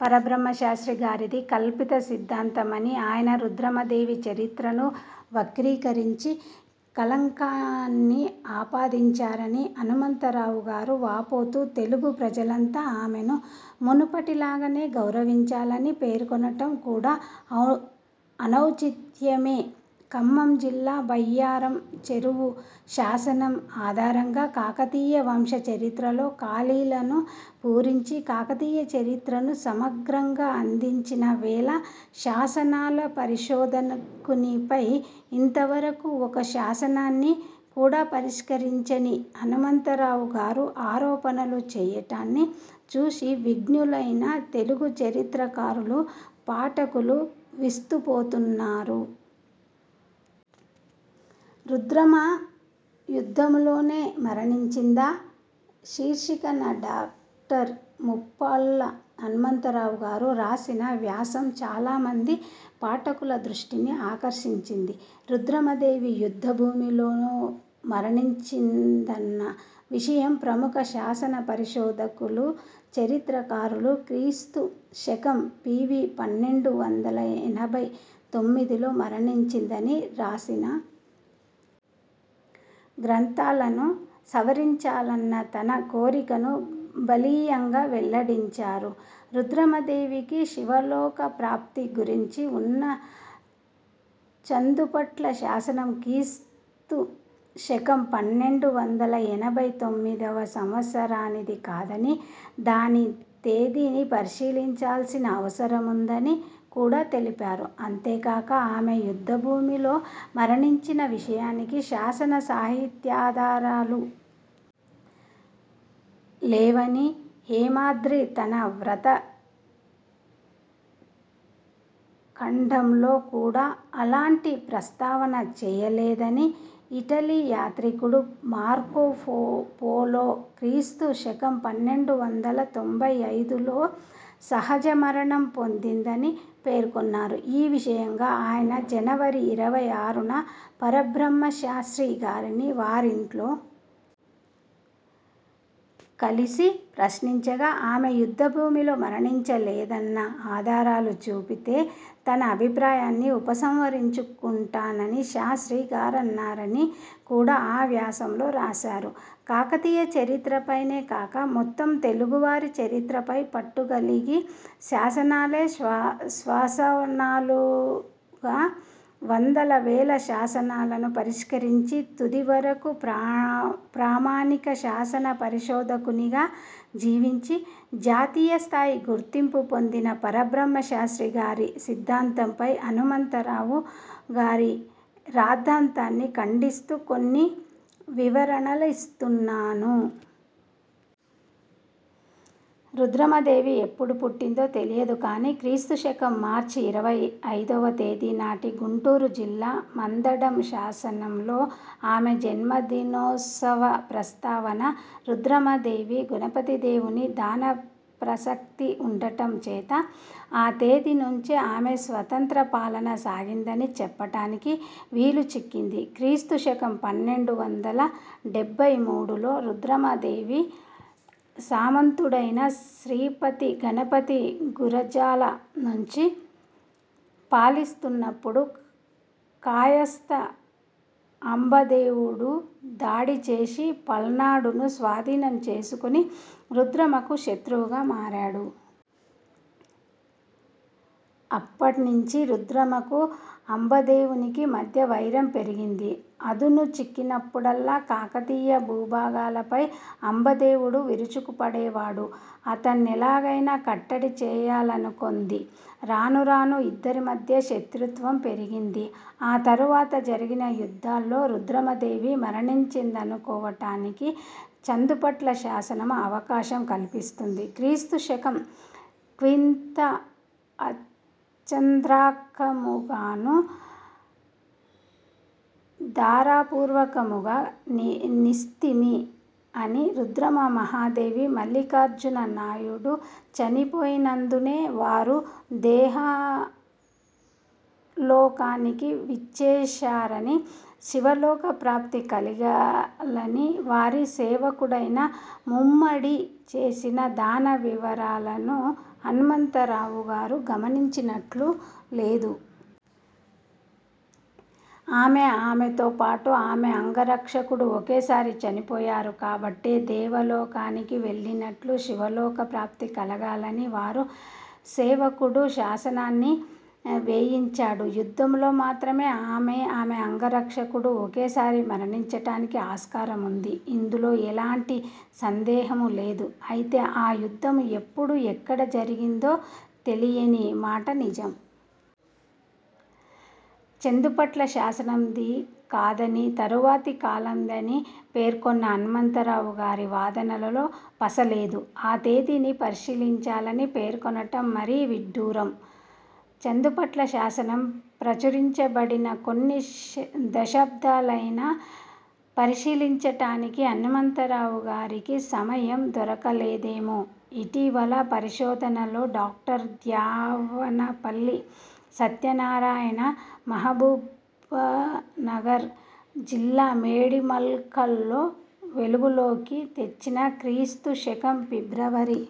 పరబ్రహ్మ శాస్త్రి గారిది కల్పిత సిద్ధాంతమనీ, ఆయన రుద్రమదేవి చరిత్రను వక్రీకరించి, కళంకాన్ని ఆపాదించారని హనుమంతరావు గారు వాపోతూ, తెలుగు ప్రజలంతా ఆమెను మునుపటిలానే గౌరవించాలని పేర్కొనటం కూడా అనౌచిత్యమే. ఖమ్మం జిల్లా బయ్యారం చెరువు శాసనం ఆధారంగా, కాకతీయ వంశ చరిత్రలో ఖాళీలను పూరించి, కాకతీయ చరిత్రను సమగ్రంగా అందించిన వేల శాసనాల పరిశోధకునిపై, ఇంతవరకూ ఒక్క శాసనాన్ని కూడా పరిష్కరించని హనుమంతరావు గారు ఆరోపణలు చేయటాన్ని చూసి విజ్ఞులైన తెలుగు చరిత్రకారులు, పాఠకులు విస్తుపోతున్నారు. 'రుద్రమ యుద్ధంలోనే మరణించిందా? ' శీర్షికన డాక్టర్ ముప్పాళ్ల హనుమంతరావు గారు రాసిన వ్యాసం చాలామంది పాఠకుల దృష్టిని ఆకర్షించింది. రుద్రమదేవి, యుద్ధభూమిలో మరణించిందన్న విషయం ప్రముఖ శాసన పరిశోధకులు, చరిత్రకారులు క్రీస్తు శకం పి. వి. పన్నెండు వందల ఎనభై తొమ్మిదిలో మరణించిందని రాసిన గ్రంథాలను సవరించాలన్న తన కోరికను బలీయంగా వెల్లడించారు రుద్రమదేవికి శివలోకప్రాప్తి గురించి ఉన్న చందుపట్ల శాసనం క్రీస్తు శకం పన్నెండు వందల ఎనభై తొమ్మిదివ సంవత్సరానిది కాదనీ, దాని తేదీని పరిశీలించాల్సిన అవసరముందని కూడా తెలిపారు అంతేకాక ఆమె యుద్ధభూమిలో మరణించిన విషయానికి శాసన, సాహిత్యాధారాలు లేవనీ, హేమాద్రి తన వ్రత ఖండంలో కూడా అలాంటి ప్రస్తావన చేయలేదనీ, ఇటలీ యాత్రికుడు మార్కో పోలో క్రీస్తు శకం పన్నెండు వందల తొంభై ఐదులో సహజ మరణం పొందిందని పేర్కొన్నారు ఈ విషయంగా ఆయన, జనవరి ఇరవై ఆరున పరబ్రహ్మ శాస్ర్తి గారిని వారింట్లో కలిసి, ప్రశ్నించగా, ఆమె యుద్ధభూమిలో మరణించ లేదన్న ఆధారాలు చూపితే తన అభిప్రాయాన్ని ఉపసంహరించు కుంటానని శాస్ర్తి గారన్నారని కూడా ఆ వ్యాసంలో రాశారు కాకతీయ చరిత్రపైనే కాక, మొత్తం తెలుగువారి చరిత్రపై పట్టుగలిగి, శాసనాలే శ్వాసనాళాలు గా, వందల, వేల శాసనాలను పరిష్కరించి, తుదివరకూ ప్రా ప్రామాణిక శాసన పరిశోధకునిగా జీవించి, జాతీయస్థాయి గుర్తింపు పొందిన పరబ్రహ్మశాస్ర్తి గారి సిద్ధాంతంపై, హనుమంతరావు గారి రాద్ధాంతాన్ని ఖండిస్తూ, కొన్ని వివరణలనిస్తున్నాను. రుద్రమదేవి ఎప్పుడు పుట్టిందో తెలియదు గానీ, క్రీస్తు శకం మార్చి ఇరవై ఐదువ తేదీనాటి గుంటూరు జిల్లా మందడం శాసనంలో, ఆమె జన్మదినోత్సవ ప్రస్తావన, రుద్రమదేవి, గణపతిదేవుని దానప్రసక్తి ఉండటం చేత, ఆ తేదీ నుంచే ఆమె స్వతంత్ర పాలన సాగిందని చెప్పటానికి వీలుచిక్కింది. క్రీస్తు శకం పన్నెండు వందల డెబ్బై మూడులో రుద్రమదేవి సామంతుడైన శ్రీపతి గణపతి గురజాల నుంచి పాలిస్తున్నపుడు, కాయస్త అంబదేవుడు దాడిచేసి పల్నాడును స్వాధీనం చేసుకొని రుద్రమకు శత్రువుగా మారాడు. అప్పట్నించి రుద్రమకు, అంబదేవునికీ మధ్య వైరం పెరిగింది. అదును చిక్కినప్పుడల్లా, కాకతీయ భూభాగాలపై అంబదేవుడు విరుచుకుపడేవాడు. అతన్నెలాగైనా కట్టడి చేయాలనుకొంది. రానురానూ ఇద్దరి మధ్యా శత్రుత్వం పెరిగింది. ఆ తరువాత జరిగిన యుద్ధాల్లో రుద్రమదేవి మరణించిందనుకోవటానికి చందుపట్ల శాసనం అవకాశం కల్పిస్తుంది. క్రీస్తు శకం క్వ్రిత్తఅచంద్రాక్కముగాను ధారాపూర్వకముగా నిస్తిమి' అని రుద్ర మహాదేవి, మల్లికార్జున నాయుడు, చనిపోయినందునే, వారు దేహ లోకానికి విచ్చేశారనీ, శివలోక ప్రాప్తి కలగాలని వారి సేవకుడైన ముమ్మడి చేసిన దాన వివరాలను హనుమంతరావు గారు గమనించినట్లు లేదు. ఆమె, ఆమెతో పాటు ఆమె అంగరక్షకుడు ఒకేసారి చనిపోయారు గాబట్టే, దేవలోకానికి వెళ్లినట్లు, శివలోక ప్రాప్తి కలగాలని వారి సేవకుడు శాసనాన్ని వేయించాడు. యుద్ధంలో మాత్రమే ఆమె, ఆమె అంగరక్షకుడూ ఒకేసారి మరణించటానికి ఆస్కారముంది. ఇందులో ఎలాంటి సందేహమూ లేదు. అయితే, ఆ యుద్ధం, ఎప్పుడు, ఎక్కడ జరిగిందో తెలియని మాట నిజం. చందుపట్ల శాసనం ది కాదనీ, తరువాతి కాలందనీ పేర్కొన్న హనుమంతరావు గారి వాదనలో పస లేదు. ఆ తేదీని పరిశీలించాలని పేర్కొనటం మరీ విడ్డూరం. చందుపట్ల శాసనం ప్రచురించబడిన కొన్ని దశాబ్దాలైనా, పరిశీలించటానికి హనుమంతరావు గారికి సమయం దొరకలేదేమో! ఇటీవలి పరిశోధనలో డాక్టర్ ద్యావనపల్లి సత్యనారాయణ, మహబూబ్నగర్ జిల్లా మేడిమల్కల్లో వెలుగులోకి తెచ్చిన, క్రీస్తు శకం ఫిబ్రవరి